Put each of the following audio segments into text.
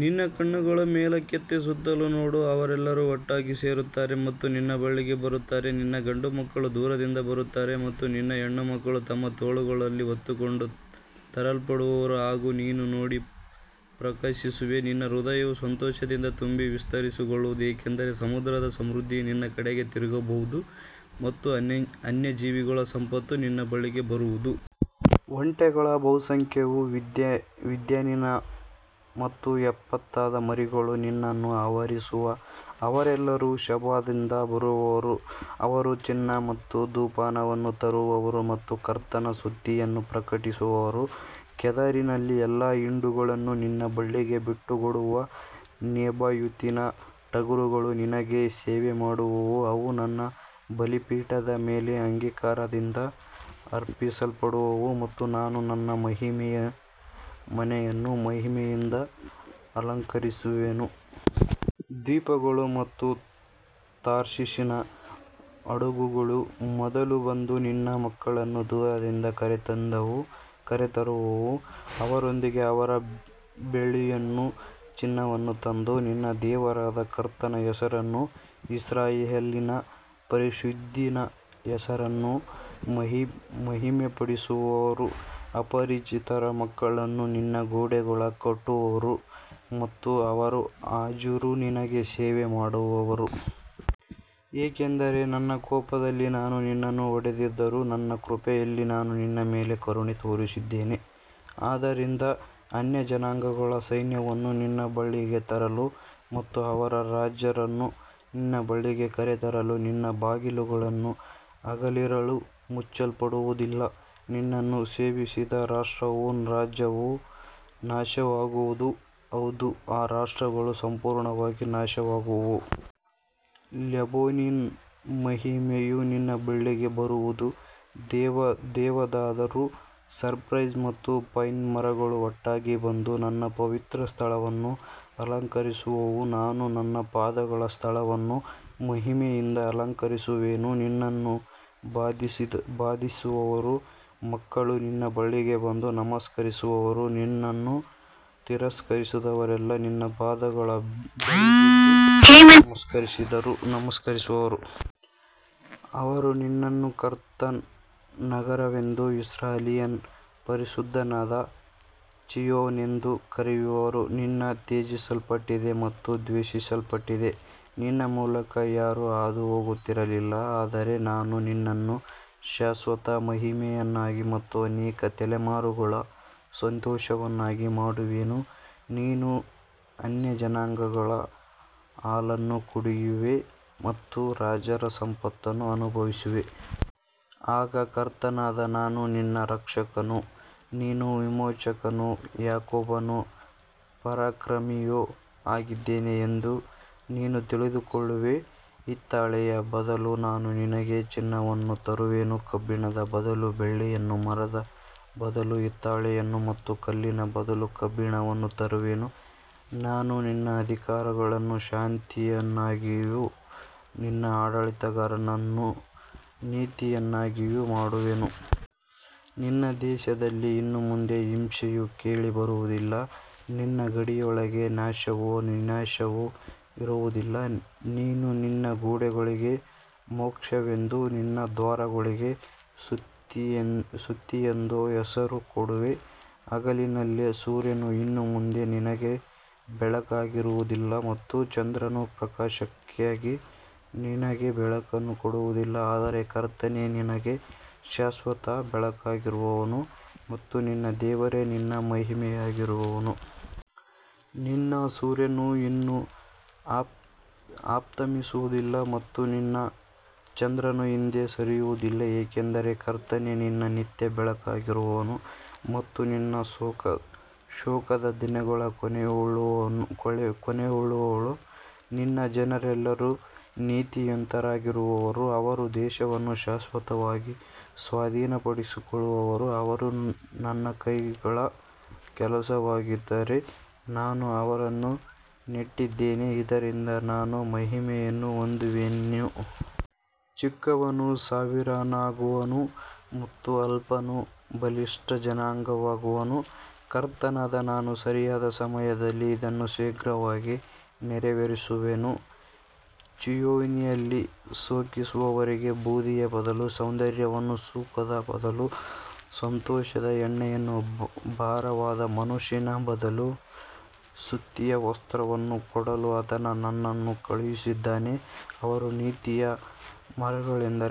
ನಿನ್ನ ಕಣ್ಣುಗಳನ್ನು ಮೇಲಕ್ಕೆತ್ತಿ ಸುತ್ತಲೂ ನೋಡು; ಅವರೆಲ್ಲರೂ ಒಟ್ಟಾಗಿ ಸೇರುತ್ತಾರೆ ಮತ್ತು ನಿನ್ನ ಬಳಿಗೆ ಬರುತ್ತಾರೆ. ನಿನ್ನ ಗಂಡುಮಕ್ಕಳು ದೂರದಿಂದ ಬರುತ್ತಾರೆ ಮತ್ತು ನಿನ್ನ ಹೆಣ್ಣುಮಕ್ಕಳು ತಮ್ಮ ತೋಳುಗಳಲ್ಲಿ ಹೊತ್ತುಕೊಂಡು ತರಲ್ಪಡುವರು. ಆಗ ನೀನು ನೋಡಿ ಪ್ರಕಾಶಿಸುವೆ; ನಿನ್ನ ಹೃದಯವು ಸಂತೋಷದಿಂದ ತುಂಬಿ ವಿಸ್ತಾರಗೊಳ್ಳುವುದು. ಏಕೆಂದರೆ ಸಮುದ್ರದ ಸಮೃದ್ಧಿಯು ನಿನ್ನ ಕಡೆಗೆ ತಿರುಗಿಬರುವುದು ಮತ್ತು ಅನ್ಯಜನಾಂಗಗಳ ಸಂಪತ್ತು ನಿನ್ನ ಬಳಿಗೆ ಬರುವುದು. ಒಂಟೆಗಳ ಬಹುಸಂಖ್ಯೆಯೂ ಮಿದ್ಯಾನಿನ ಮತ್ತು ಎಫಾದ ಮರಿಗಳೂ ನಿನ್ನನ್ನು ಆವರಿಸುವವು. ಅವರೆಲ್ಲರೂ ಶೆಬಾದಿಂದ ಬರುವರು; ಅವರು ಚಿನ್ನ ಮತ್ತು ಧೂಪವನ್ನು ತರುವರು ಮತ್ತು ಕರ್ತನ ಸ್ತುತಿಯನ್ನು ಪ್ರಕಟಿಸುವರು. ಕೇದಾರಿನ ಎಲ್ಲಾ ಹಿಂಡುಗಳು ನಿನ್ನ ಬಳಿಗೆ ಒಟ್ಟುಗೂಡುವವು; ನೆಬಾಯೋತಿನ ಟಗರುಗಳು ನಿನಗೆ ಸೇವೆ ಮಾಡುವವು. ಅವು ನನ್ನ ಬಲಿಪೀಠದ ಮೇಲೆ ಅಂಗೀಕಾರದಿಂದ ಅರ್ಪಿಸಲ್ಪಡುವವು ಮತ್ತು ನಾನು ನನ್ನ ಮಹಿಮೆಯ ಮನೆಯನ್ನು ಮಹಿಮೆಯಿಂದ ಅಲಂಕರಿಸುವೆನು. ದ್ವೀಪಗಳು ಮತ್ತು ತಾರ್ಷೀಷಿನ ಹಡಗುಗಳು ಮೊದಲು ಬಂದು ನಿನ್ನ ಮಕ್ಕಳನ್ನು ದೂರದಿಂದ ಕರೆತರುವವು. ಅವರೊಂದಿಗೆ ಅವರ ಬೆಳ್ಳಿಯನ್ನೂ ಚಿನ್ನವನ್ನೂ ತಂದು ನಿನ್ನ ದೇವರಾದ ಕರ್ತನ ಹೆಸರನ್ನೂ ಇಸ್ರಾಯೇಲಿನ ಪರಿಶುದ್ಧನ ಹೆಸರನ್ನೂ ಮಹಿಮೆಪಡಿಸುವರು. ಅಪರಿಚಿತರ ಮಕ್ಕಳು ನಿನ್ನ ಗೋಡೆಗಳನ್ನು ಕಟ್ಟುವರು ಮತ್ತು ಅವರ ರಾಜರು ನಿನಗೆ ಸೇವೆ ಮಾಡುವರು. ಏಕೆಂದರೆ ನನ್ನ ಕೋಪದಲ್ಲಿ ನಾನು ನಿನ್ನನ್ನು ಹೊಡೆದಿದ್ದರೂ, ನನ್ನ ಕೃಪೆಯಲ್ಲಿ ನಾನು ನಿನ್ನ ಮೇಲೆ ಕರುಣೆ ತೋರಿಸಿದ್ದೇನೆ. ಆದ್ದರಿಂದ ಅನ್ಯಜನಾಂಗಗಳ ಸೈನ್ಯವನ್ನು ನಿನ್ನ ಬಳಿಗೆ ತರಲು ಮತ್ತು ಅವರ ರಾಜರನ್ನು ನಿನ್ನ ಬಳಿಗೆ ಕರೆತರಲು ನಿನ್ನ ಬಾಗಿಲುಗಳು ಹಗಲಿರುಳು ಮುಚ್ಚಲ್ಪಡುವುದಿಲ್ಲ. ನಿನ್ನನ್ನು ಸೇವಿಸದ ರಾಷ್ಟ್ರವೂ ರಾಜ್ಯವೂ ನಾಶವಾಗುವುದು; ಹೌದು, ಆ ರಾಷ್ಟ್ರಗಳು ಸಂಪೂರ್ಣವಾಗಿ ನಾಶವಾಗುವವು. ಲೆಬನೋನಿನ ಮಹಿಮೆಯು ನಿನ್ನ ಬಳಿಗೆ ಬರುವುದು; ದೇವದಾರು, ಸೈಪ್ರಸ್ ಮತ್ತು ಪೈನ್ ಮರಗಳು ಒಟ್ಟಾಗಿ ಬಂದು ನನ್ನ ಪವಿತ್ರ ಸ್ಥಳವನ್ನು ಅಲಂಕರಿಸುವವು. ನಾನು ನನ್ನ ಪಾದಗಳ ಸ್ಥಳವನ್ನು ಮಹಿಮೆಯಿಂದ ಅಲಂಕರಿಸುವೆನು. ನಿನ್ನನ್ನು ಬಾಧಿಸಿದವರ ಮಕ್ಕಳು ನಿನ್ನ ಬಳಿಗೆ ಬಂದು ನಮಸ್ಕರಿಸುವರು; ನಿನ್ನನ್ನು ತಿರಸ್ಕರಿಸಿದವರೆಲ್ಲರೂ ನಿನ್ನ ಪಾದಗಳ ಬಳಿ ಬಿದ್ದು ನಮಸ್ಕರಿಸುವರು. ಅವರು ನಿನ್ನನ್ನು ಕರ್ತನ ನಗರವೆಂದೂ ಇಸ್ರಾಯೇಲಿನ ಪರಿಶುದ್ಧನಾದ ಚೀಯೋನೆಂದೂ ಕರೆಯುವರು. ನೀನು ತ್ಯಜಿಸಲ್ಪಟ್ಟಿದ್ದೆ ಮತ್ತು ದ್ವೇಷಿಸಲ್ಪಟ್ಟಿದ್ದೆ; ನಿನ್ನ ಮೂಲಕ ಯಾರೂ ಹಾದುಹೋಗುತ್ತಿರಲಿಲ್ಲ. ಆದರೆ ನಾನು ನಿನ್ನನ್ನು ಶಾಶ್ವತ ಮಹಿಮೆಯನ್ನಾಗಿ ಮತ್ತು ಅನೇಕ ತಲೆಮಾರುಗಳ ಸಂತೋಷವನ್ನಾಗಿ ಮಾಡುವೆನು. ನೀನು ಅನ್ಯಜನಾಂಗಗಳ ಹಾಲನ್ನು ಕುಡಿಯುವೆ ಮತ್ತು ರಾಜರ ಸಂಪತ್ತನ್ನು ಅನುಭವಿಸುವೆ. ಆಗ ಕರ್ತನಾದ ನಾನು ನಿನ್ನ ರಕ್ಷಕನೂ ನಿನ್ನ ವಿಮೋಚಕನೂ ಯಾಕೋಬನ ಪರಾಕ್ರಮಿಯೂ ಆಗಿದ್ದೇನೆ ಎಂದು ನೀನು ತಿಳಿದುಕೊಳ್ಳುವೆ. ಹಿತ್ತಾಳೆಯ ಬದಲು ನಾನು ನಿನಗೆ ಚಿನ್ನವನ್ನು ತರುವೆನು; ಕಬ್ಬಿಣದ ಬದಲು ಬೆಳ್ಳಿಯನ್ನು, ಮರದ ಬದಲು ಹಿತ್ತಾಳೆಯನ್ನು ಮತ್ತು ಕಲ್ಲಿನ ಬದಲು ಕಬ್ಬಿಣವನ್ನು ತರುವೆನು. ನಾನು ನಿನ್ನ ಅಧಿಕಾರಿಗಳನ್ನು ಶಾಂತಿಯನ್ನಾಗಿಯೂ ನಿನ್ನ ಆಡಳಿತಗಾರರನ್ನು ನೀತಿಯನ್ನಾಗಿಯೂ ಮಾಡುವೆನು. ನಿನ್ನ ದೇಶದಲ್ಲಿ ಇನ್ನು ಮುಂದೆ ಹಿಂಸೆಯು ಕೇಳಿಬರುವುದಿಲ್ಲ; ನಿನ್ನ ಗಡಿಗಳೊಳಗೆ ನಾಶವೂ ವಿನಾಶವೂ ಇರುವುದಿಲ್ಲ. ನೀನು ನಿನ್ನ ಗೋಡೆಗಳಿಗೆ ಮೋಕ್ಷವೆಂದೂ ನಿನ್ನ ದ್ವಾರಗಳಿಗೆ ಸ್ತುತಿಯೆಂದೂ ಹೆಸರು ಕೊಡುವೆ. ಹಗಲಿನಲ್ಲಿ ಸೂರ್ಯನು ಇನ್ನು ಮುಂದೆ ನಿನಗೆ ಬೆಳಕಾಗಿರುವುದಿಲ್ಲ ಮತ್ತು ಚಂದ್ರನು ಪ್ರಕಾಶಕ್ಕಾಗಿ ನಿನಗೆ ಬೆಳಕನ್ನು ಕೊಡುವುದಿಲ್ಲ. ಆದರೆ ಕರ್ತನೇ ನಿನಗೆ ಶಾಶ್ವತ ಬೆಳಕಾಗಿರುವನು ಮತ್ತು ನಿನ್ನ ದೇವರೇ ನಿನ್ನ ಮಹಿಮೆಯಾಗಿರುವನು. ನಿನ್ನ ಸೂರ್ಯನು ಇನ್ನು ಅಸ್ತಮಿಸುವುದಿಲ್ಲ ಮತ್ತು ನಿನ್ನ ಚಂದ್ರನು ಹಿಂದೆ ಸರಿಯುವುದಿಲ್ಲ; ಏಕೆಂದರೆ ಕರ್ತನೇ ನಿನ್ನ ನಿತ್ಯ ಬೆಳಕಾಗಿರುವನು ಮತ್ತು ನಿನ್ನ ಶೋಕದ ದಿನಗಳು ಕೊನೆಗೊಳ್ಳುವವು. ನಿನ್ನ ಜನರೆಲ್ಲರೂ ನೀತಿವಂತರಾಗಿರುವರು; ಅವರು ದೇಶವನ್ನು ಶಾಶ್ವತವಾಗಿ ಸ್ವಾಧೀನಪಡಿಸಿಕೊಳ್ಳುವರು. ಅವರು ನನ್ನ ಕೈಗಳ ಕೆಲಸವಾಗಿದ್ದಾರೆ; ನಾನು ಅವರನ್ನು ನೆಟ್ಟಿದ್ದೇನೆ, ಇದರಿಂದ ನಾನು ಮಹಿಮೆಯನ್ನು ಹೊಂದುವೆನು. ಚಿಕ್ಕವನು ಸಾವಿರನಾಗುವನು ಮತ್ತು ಅಲ್ಪನು ಬಲಿಷ್ಠ ಜನಾಂಗವಾಗುವನು. ಕರ್ತನಾದ ನಾನು ಸರಿಯಾದ ಸಮಯದಲ್ಲಿ ಇದನ್ನು ಶೀಘ್ರವಾಗಿ ನೆರವೇರಿಸುವೆನು. ಚೀಯೋನಿನಲ್ಲಿ ಶೋಕಿಸುವವರಿಗೆ ಬೂದಿಯ ಬದಲು ಸೌಂದರ್ಯವನ್ನೂ, ಶೋಕದ ಬದಲು ಸಂತೋಷದ ಎಣ್ಣೆಯನ್ನೂ, ಭಾರವಾದ ಮನಸ್ಸಿನ ಬದಲು ಸ್ತುತಿಯ ವಸ್ತ್ರವನ್ನೂ ಕೊಡಲು ಆತನು ನನ್ನನ್ನು ಕಳುಹಿಸಿದ್ದಾನೆ. ಅವರು ನೀತಿಯ ಮರಗಳೆಂದು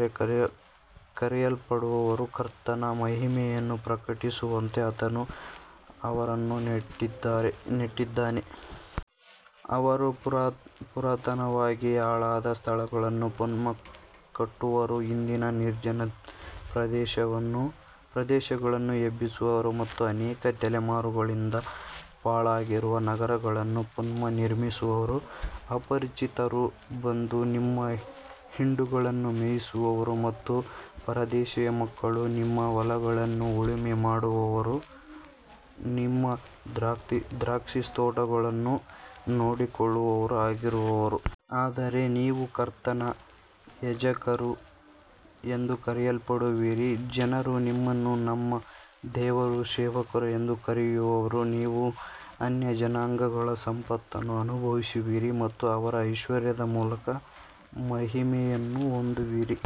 ಕರೆಯಲ್ಪಡುವರು; ಕರ್ತನ ಮಹಿಮೆಯನ್ನು ಪ್ರಕಟಿಸುವಂತೆ ಆತನು ಅವರನ್ನು ನೆಟ್ಟಿದ್ದಾನೆ. ಅವರು ಪುರಾತನವಾಗಿ ಹಾಳಾದ ಸ್ಥಳಗಳನ್ನು ಪುನಃ ಕಟ್ಟುವರು; ಹಿಂದಿನ ನಿರ್ಜನ ಪ್ರದೇಶಗಳನ್ನು ಎಬ್ಬಿಸುವರು ಮತ್ತು ಅನೇಕ ತಲೆಮಾರುಗಳಿಂದ ಪಾಳಾಗಿರುವ ನಗರಗಳನ್ನು ಪುನಃ ನಿರ್ಮಿಸುವರು. ಅಪರಿಚಿತರು ಬಂದು ನಿಮ್ಮ ಹಿಂಡುಗಳನ್ನು ಮೇಯಿಸುವರು ಮತ್ತು ಪರದೇಶಿಯ ಮಕ್ಕಳು ನಿಮ್ಮ ಹೊಲಗಳನ್ನು ಉಳುಮೆ ಮಾಡುವವರೂ ನಿಮ್ಮ ದ್ರಾಕ್ಷಿತೋಟಗಳನ್ನು ನೋಡಿಕೊಳ್ಳುವವರೂ ಆಗಿರುವರು. ಆದರೆ ನೀವು ಕರ್ತನ ಯಾಜಕರು ಎಂದು ಕರೆಯಲ್ಪಡುವಿರಿ; ಜನರು ನಿಮ್ಮನ್ನು ನಮ್ಮ ದೇವರ ಸೇವಕರು ಎಂದು ಕರೆಯುವರು. ನೀವು ಅನ್ಯಜನಾಂಗಗಳ ಸಂಪತ್ತನ್ನು ಅನುಭವಿಸುವಿರಿ ಮತ್ತು ಅವರ ಐಶ್ವರ್ಯದ ಮೂಲಕ ಮಹಿಮೆಯನ್ನು ಹೊಂದುವಿರಿ.